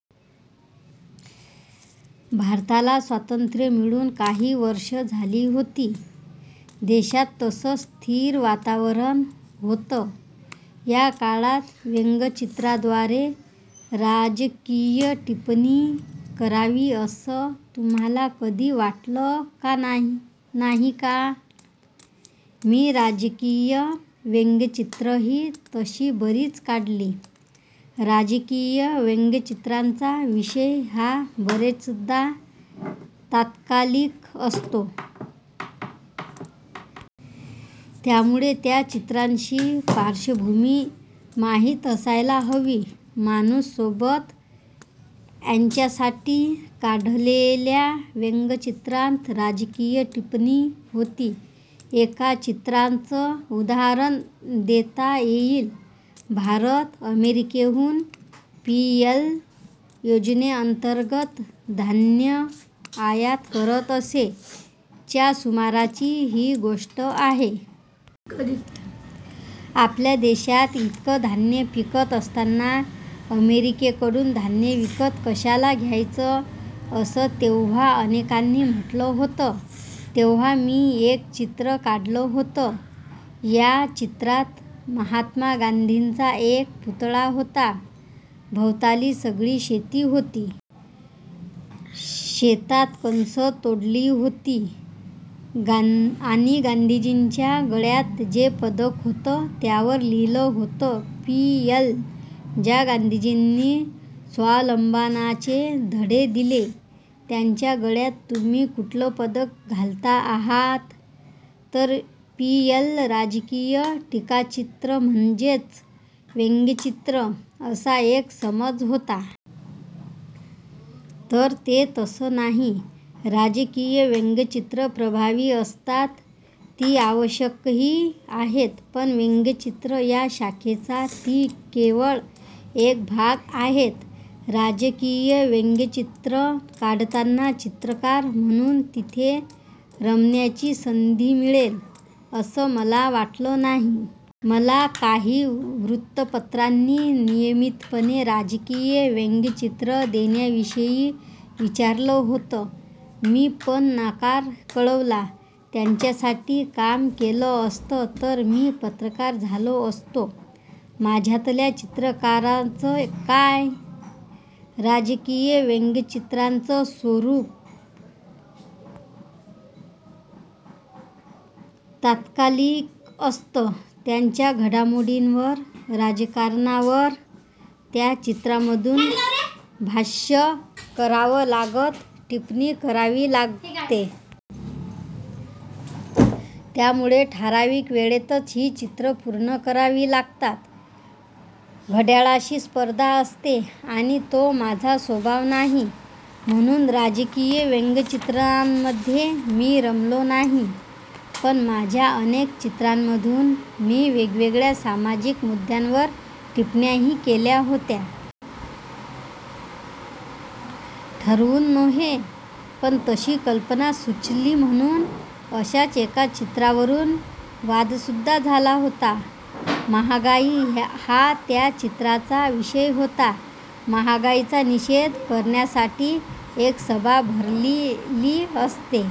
भारताला स्वातंत्र्य मिळून काही वर्षं झाली होती. देशात तसं अस्थिर वातावरण होतं. या काळात व्यंग्यचित्रांद्वारे राजकीय टिप्पणी करावी, असं तुम्हाला कधी वाटलं नाही का? मी राजकीय व्यंग्यचित्रंही तशी बरीच काढली. राजकीय व्यंग्यचित्रांचा विषय हा बरेचदा तात्कालिक असतो. त्यामुळे त्या चित्रांची पार्श्वभूमी माहीत असायला हवी. 'माणूस', 'सोबत' यांच्यासाठी काढलेल्या व्यंग्यचित्रांत राजकीय टिप्पणी होती. एका चित्राचं उदाहरण देता येईल. भारत अमेरिकेहून पीएल योजनेअंतर्गत धान्य आयात करत असे. च्या सुमाराची ही गोष्ट आहे. आपल्या देशात इतकं धान्य पिकत असताना अमेरिकेकडून धान्य विकत कशाला घ्यायचं, असं तेव्हा अनेकांनी म्हटलं होतं. तेव्हा मी एक चित्र काढलं होतं. या चित्रात महात्मा गांधींचा एक पुतळा होता. भवताली सगळी शेती होती. शेतात कणसं डोलत होती, आणि गांधीजींच्या गळ्यात जे पदक होतं, त्यावर लिहिलं होतं पीएल. ज्या गांधीजींनी स्वावलंबनाचे धडे दिले, त्यांच्या गळ्यात तुम्ही कुठलं पदक घालता आहात? तर पीएल. राजकीय टीकाचित्र म्हणजेच व्यंग्यचित्र, असा एक समज झाला आहे. तर ते तसं नाही. राजकीय व्यंग्यचित्रं प्रभावी असतात, ती आवश्यकही आहेत, पण व्यंग्यचित्र या शाखेचा ती केवळ एक भाग आहेत. राजकीय व्यंग्यचित्रं काढताना चित्रकार म्हणून तिथे रमण्याची संधी मिळेल, असं मला वाटलं नाही. मला काही वृत्तपत्रांनी नियमितपणे राजकीय व्यंग्यचित्रं देण्याविषयी विचारलं होतं. पण मी नकार कळवला. त्यांच्यासाठी काम केलं असतं तर मी पत्रकार झालो असतो. माझ्यातल्या चित्रकाराचं काय? राजकीय व्यंग्यचित्रांचं स्वरूप तात्कालिक असतं. ताज्या घडामोडींवर, राजकारणावर त्या चित्रांमधून भाष्य करावं लागतं, टिप्पणी करावी लागते. त्यामुळे ठरावीक वेळेतच ही चित्रं पूर्ण करावी लागतात. घड्याळाशी स्पर्धा असते, आणि तो माझा स्वभाव नाही. म्हणून राजकीय व्यंग्यचित्रांमध्ये मी रमलो नाही. पण माझ्या अनेक चित्रांमधून मी वेगवेगळ्या सामाजिक मुद्द्यांवर टिप्पण्याही केल्या आहेत. ठरवून नव्हे, पण तशी कल्पना सुचली म्हणून. अशाच एका चित्रावरून वादसुद्धा झाला होता. महागाई हा त्या चित्राचा विषय होता. महागाईचा निषेध करण्यासाठी एक सभा भरलेली असते.